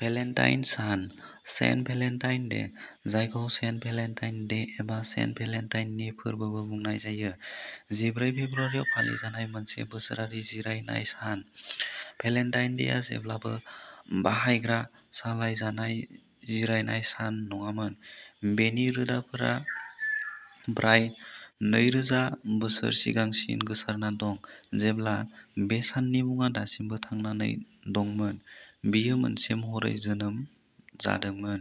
Valentine सान, Saint Valentine Day, जायखौ Saint Valentine Day एबा सेन्ट भेलेन्टाइननि फोरबोबो बुंनाय जायो, जिब्रै फेब्रुवारियाव फालिजानाय मोनसे बोसोरारि जिरायनाय सान। भेलेन्टाइन डेआ जेब्लाबो बाहायग्रा-सालायजानाय जिरायनाय सान नङामोन बेनि रोदाफोरा फ्राय नैरोजा बोसोर सिगांसिम गोसारना दं जेब्ला बे साननि मुङा दासिमबो थांना दंमोन, बेयो मोनसे महरै जोनोम जादोंमोन।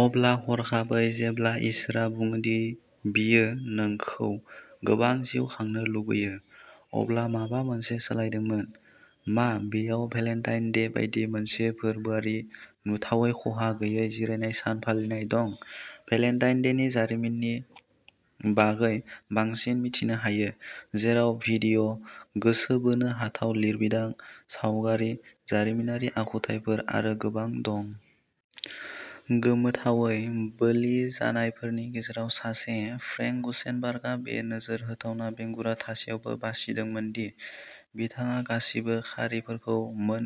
अब्ला हरखाबै जेब्ला इसोरा बुङो दि बियो नोंखौ गोबां जिउ खांनो लुगैयो, अब्ला माबा मोनसे सोलायदोंमोन, मा बेयाव भेलेन्टाइन डे बायदि मोनसे फोरबोआरि, नुथावै खहा गैयै जिरायनाय सान फालिनाय दं? भेलेन्टाइन डेनि जारिमिननि जारिमिननि बागै बांसिन मिथिनो हायो, जेराव भिडिअ, गोसो बोनो हाथाव लिरबिदां, सावगारि, जारिमिनारि आखुथायफोर आरो गोबां दं। गोमोथावै, बोलिजानायफोरनि गेजेराव सासे, फ्रेंक गुसेनबार्गआ बे नोजोर होथावना बेंगुरा थासेयावबो बासिदोंमोन दि बिथांहा गासिबो खारिफोरखौ मोन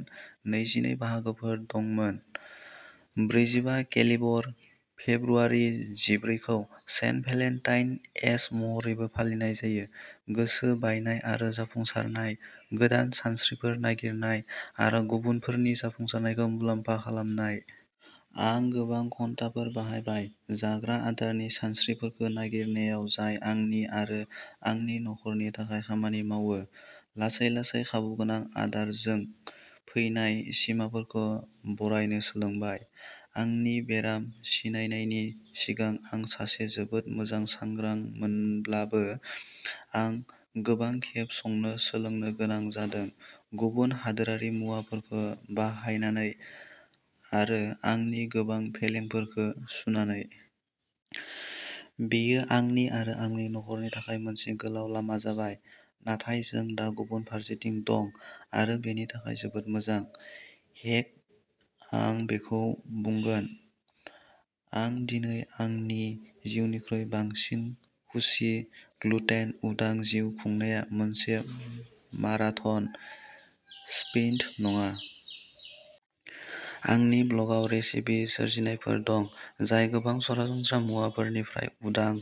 नैजिनै बाहागोफोर दंमोन। ब्रैजिबा-केलिबर फेब्रुवारि जिब्रै खौ सेन्ट भेलेन्टाइन एस महरैबो फालिनाय जायो। गोसो बायनाय आरो जाफुंसारनाय, गोदान सानस्रिफोर नागिरनाय, आरो गुबुनफोरनि जाफुंसारनायखौ मुलामफा खालामनाय। आं गोबां घन्टाफोर बाहायबाय जाग्रा आदारनि सानस्रिफोरखौ नागिरनायाव जाय आंनि आरो आंनि नखरनि थाखाय खामानि मावो, लासै-लासै खाबुगोनां आदारजों फैनाय सिमाफोरखौ बारायनो सोलोंबाय। आंनि बेराम सिनायनायनि सिगां आं सासे जोबोद मोजां संग्रा मोनब्लाबो आं गोबां खेब संनो सोलोंनो गोनां जादों, गुबुन हादोरारि मुवाफोरखौ बाहायनानै आरो आंनि गोबां फेलेंफोरखौ सुनानै। बेयो आंनि आरो आंनि नखरनि थाखाय मोनसे गोलाव लामा जाबाय, नाथाय जों दा गुबुन फारसेथिं दं आरो बेनि थाखाय जोबोद मोजां। हेक आं बेखौ बुंगोन। आं दिनै आंनि जिउनिख्रुइ बांसिन खुसि ग्लुटेन-उदां जिउ खुंनाया मोनसे माराथन, स्प्रिन्ट नङा। आंनि ब्लग आव रेसिपि सोरजिनायफोर दं जाय गोबां सरासनस्रा मुवाफोरनिफ्राय उदां।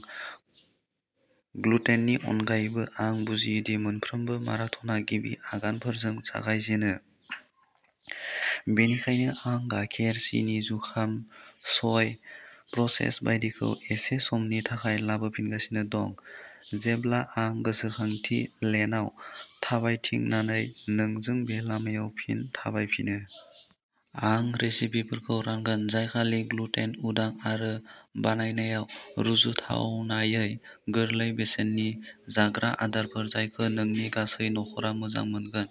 ग्लुटेननि अनगायै आं बुजियो दि मोनफ्रोमबो माराथनआ गिबि आगानफोरजों जागायजेनो, बेनिखायनो आं गाइखेर, सिनि, जुखाम, सय, प्रसेस्ड बायदिफोरखौ एसे समनि थाखाय लाबोफिनगासिनो दं, जेब्ला आं गोसोखांथि लेनआव थाबायथिंनानै नोंजों बे लामायाव फिन थाबायफिनो। आं रेसिपिफोरखौ रानगोन जाय खालि ग्लुटेन-उदां आरो बानायनायाव रुजुथावनायै गोरलै बेसेननि, जाग्रा आदारफोर जायखौ नोंनि गासै नखरा मोजां मोनगोन।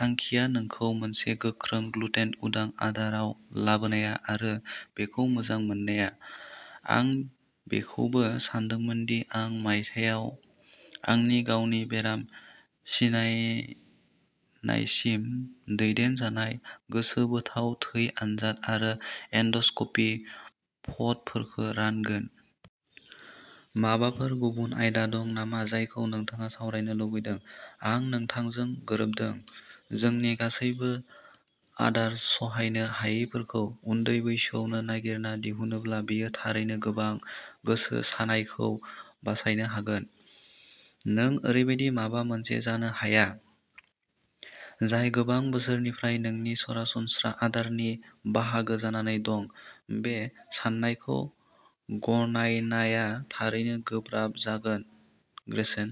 थांखिया नोंखौ मोनसे गोख्रों ग्लुटेन-उदां आदाराव लाबोनाया आरो बेखौ मोजां मोननाया। आं बेखौबो सानदोंमोन दि आं मायथाइयाव आंनि गावनि बेराम सिनायनायसिम दैदेनजानाय गोसोबोथाव थै आनजाद आरो एन्डस्कपि फट'फोरखौ रानगोन। माबाफोर गुबुन आयदा दं नामा जायखौ नोंथाङा सावरायनो लुबैदों? आं नोंथांजों गोरोबदों। जोंनि गासैबो आदार सहायनो हायैफोरखौ उन्दै बैसोआवनो नागिरना दिहुनोब्ला बेयो थारैनो गोबां "गोसो सानाय" खौ बासायनो हागोन। नों ओरैबायदि माबा मोनसे जानो हाया, जाय गोबां बोसोरनिफ्राय नोंनि सरासनस्रा आदारनि बाहागो जानानै दं, बे साननायखौ गनायनाया थारैनो गोब्राब जागोन ग्रेचेन।